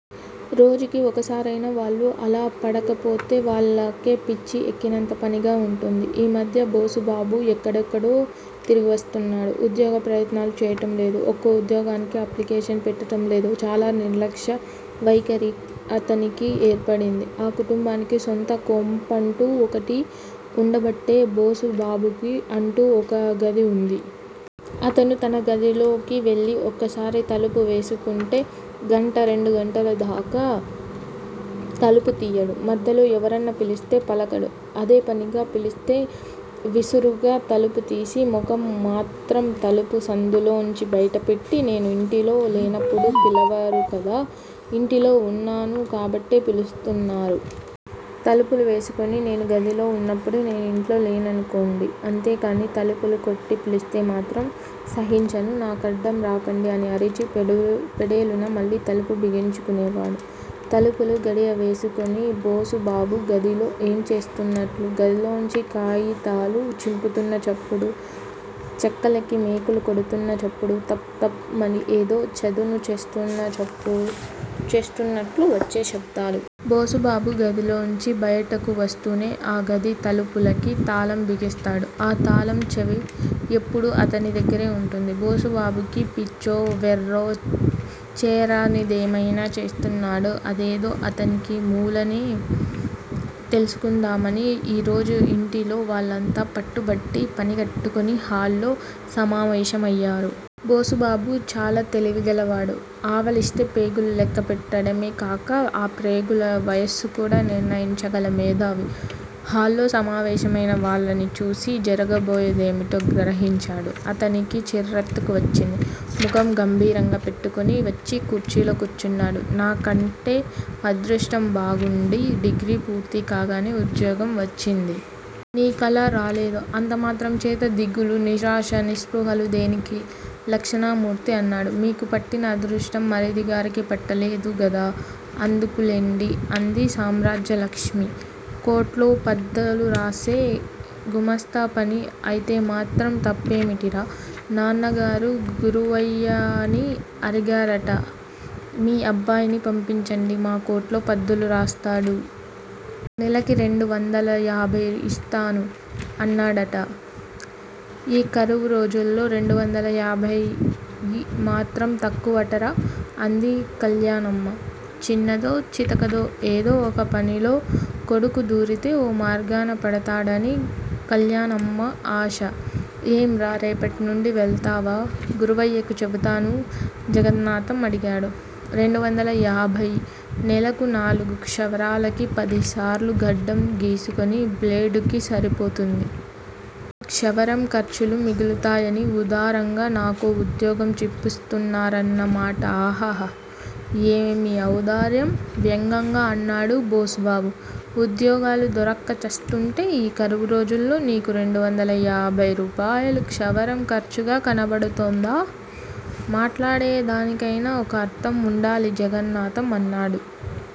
రోజుకి ఒకసారయినా వాళ్ళు అలాపడకపోతే వాళ్ళకే పిచ్చి ఎక్కినంత పనిగా వుంటుంది. ఈమధ్య బోసుబాబు ఎక్కడెక్కడో తిరిగివస్తున్నాడు. ఉద్యోగ ప్రయత్నాలు చేయటం లేదు. ఒక్క ఉద్యోగానికీ అప్లికేషన్ పెట్టడంలేదు. చాలా నిర్లక్ష్య వైఖరి అతనికి ఏర్పడింది. ఆ కుటుంబానికి సొంత కొంపంటూ ఒకటి వుండబట్టే బోసుబాబుకి అంటూ ఒక గది వుంది. అతను తన గదిలోకి వెళ్ళి ఒక్కసారి తలుపు వేసుకుంటే గంటా రెండు గంటలదాకా తలుపు తియ్యడు. మధ్యలో ఎవరన్నా పిలిస్తే పలకడు. అదేపనిగా పిలిస్తే విసురుగా తలుపు తీసి ముఖం మాత్రం తలుపు సందులోనుంచి బయటపెట్టి నేను ఇంటిలో లేనపుడు పిలవరుకదా! ఇంటిలో వున్నాను కాబట్టే పిలుస్తున్నారు. తలుపులు వేసుకుని నేను గదిలో వున్నప్పుడు నేను ఇంట్లో లేననుకోండి. అంతేకానీ తలుపులు కొట్టి పిలిస్తేమాత్రం సహించను. నాకడ్డం రాకండి అని అరిచి ఫెడేలున మళ్ళీ తలుపు బిగించుకునేవాడు. తలుపులు గడియవేసుకుని బోసుబాబు గదిలో ఏం చేస్తున్నట్లు? గదిలోంచి కాయితాలు చింపుతున్న చప్పుడు, చెక్కలకి మేకులు కొడుతున్న చప్పుడు, తప్, తప్, మని ఏదో చదును చేస్తున్నట్లు వచ్చే శబ్దాలు! బోసుబాబు గదిలోంచి బయటకు వస్తూనే ఆ గది తలుపులకి తాళం బిగిస్తాడు. ఆ తాళం చెవి ఎప్పుడూ అతని దగ్గరే వుంటుంది. బోసుబాబుకి పిచ్చో, వెర్రో, చేయరానిదేమైనా చేస్తున్నాడో అదేదో అతనికి మూలనే తెలుసుకుందామని ఈరోజు యింటిలో వాళ్ళంతా పట్టుబట్టి పనిగట్టుకుని హాల్ లో సమావేశమయ్యారు. బోసుబాబు చాలా తెలివిగలవాడు. ఆవలిస్తే ప్రేగులు లెక్కపెట్టడమేకాక, ఆ ప్రేగుల వయస్సు కూడా నిర్ణయించగల మేథావి. హాల్లో సమావేశమయిన వాళ్ళను చూసి జరగబోయేదేమిటో గ్రహించాడు. అతనికి చిర్రెత్తుకు వచ్చింది. ముఖం గంభీరంగా పెట్టుకుని వచ్చి కుర్చీలో కూర్చున్నాడు. నాకంటే అదృష్టం బాగుండి, డిగ్రీ పూర్తి కాగానే ఉద్యోగం వచ్చింది. నీకలా రాలేదు. అంతమాత్రంచేత దిగులు, నిరాశ, నిస్పృహలు దేనికి? లక్షణమూర్తి అన్నాడు. మీకు పట్టిన అదృష్టం మరిదిగారికి పట్టలేదు గదా! అందుకులేండి! అంది సామ్రాజ్యలక్ష్మి. కొట్లో పద్దులురాసే గుమస్తాపని అయితేమాత్రం తప్పేమిటి రా! నాన్నగారు గురవయ్యని అడిగారట. మీ అబ్బాయిని పంపించండి. మా కొట్లో పద్దులు రాస్తాడు. నెలకి రెండువందల యాభయి ఇస్తాను. అన్నాడట. ఈ కరువురోజుల్లో రెండువందల యాభయి మాత్రం తక్కువటరా! అంది కల్యాణమ్మ. చిన్నదో, చితకదో ఏదో ఒక పనిలో కొడుకుదూరితే ఓ మార్గాన పడతాడని కల్యాణమ్మ ఆశ. ఏంరా! రేపటినుండి వెళతావా? గురవయ్యకి చెబుతాను! జగన్నాథం అడిగాడు. రెండువందలయాభయి! నెలకి నాలుగు క్షవరాలకి పదిసార్లు గడ్డం గీసుకునే బ్లేడుకి సరిపోతుంది. క్షవరం ఖర్చులు మిగులుతాయని ఉదారంగా నాకో ఉద్యోగం చూపిస్తున్నారన్న మాట ఆహాహా! ఏమి ఔదార్యం! వ్యంగ్యంగా అన్నాడు బోసుబాబు. ఉద్యోగాలు దొరక్క ఛస్తుంటే ఈ కరువు రోజుల్లో నీకు రెండువందల యాభయి రూపాయలు క్షవరం ఖర్చుగా కనపడుతోందా? మాట్లాడే దానికైనా ఒక అర్ధం వుండాలి జగన్నాథం అన్నాడు.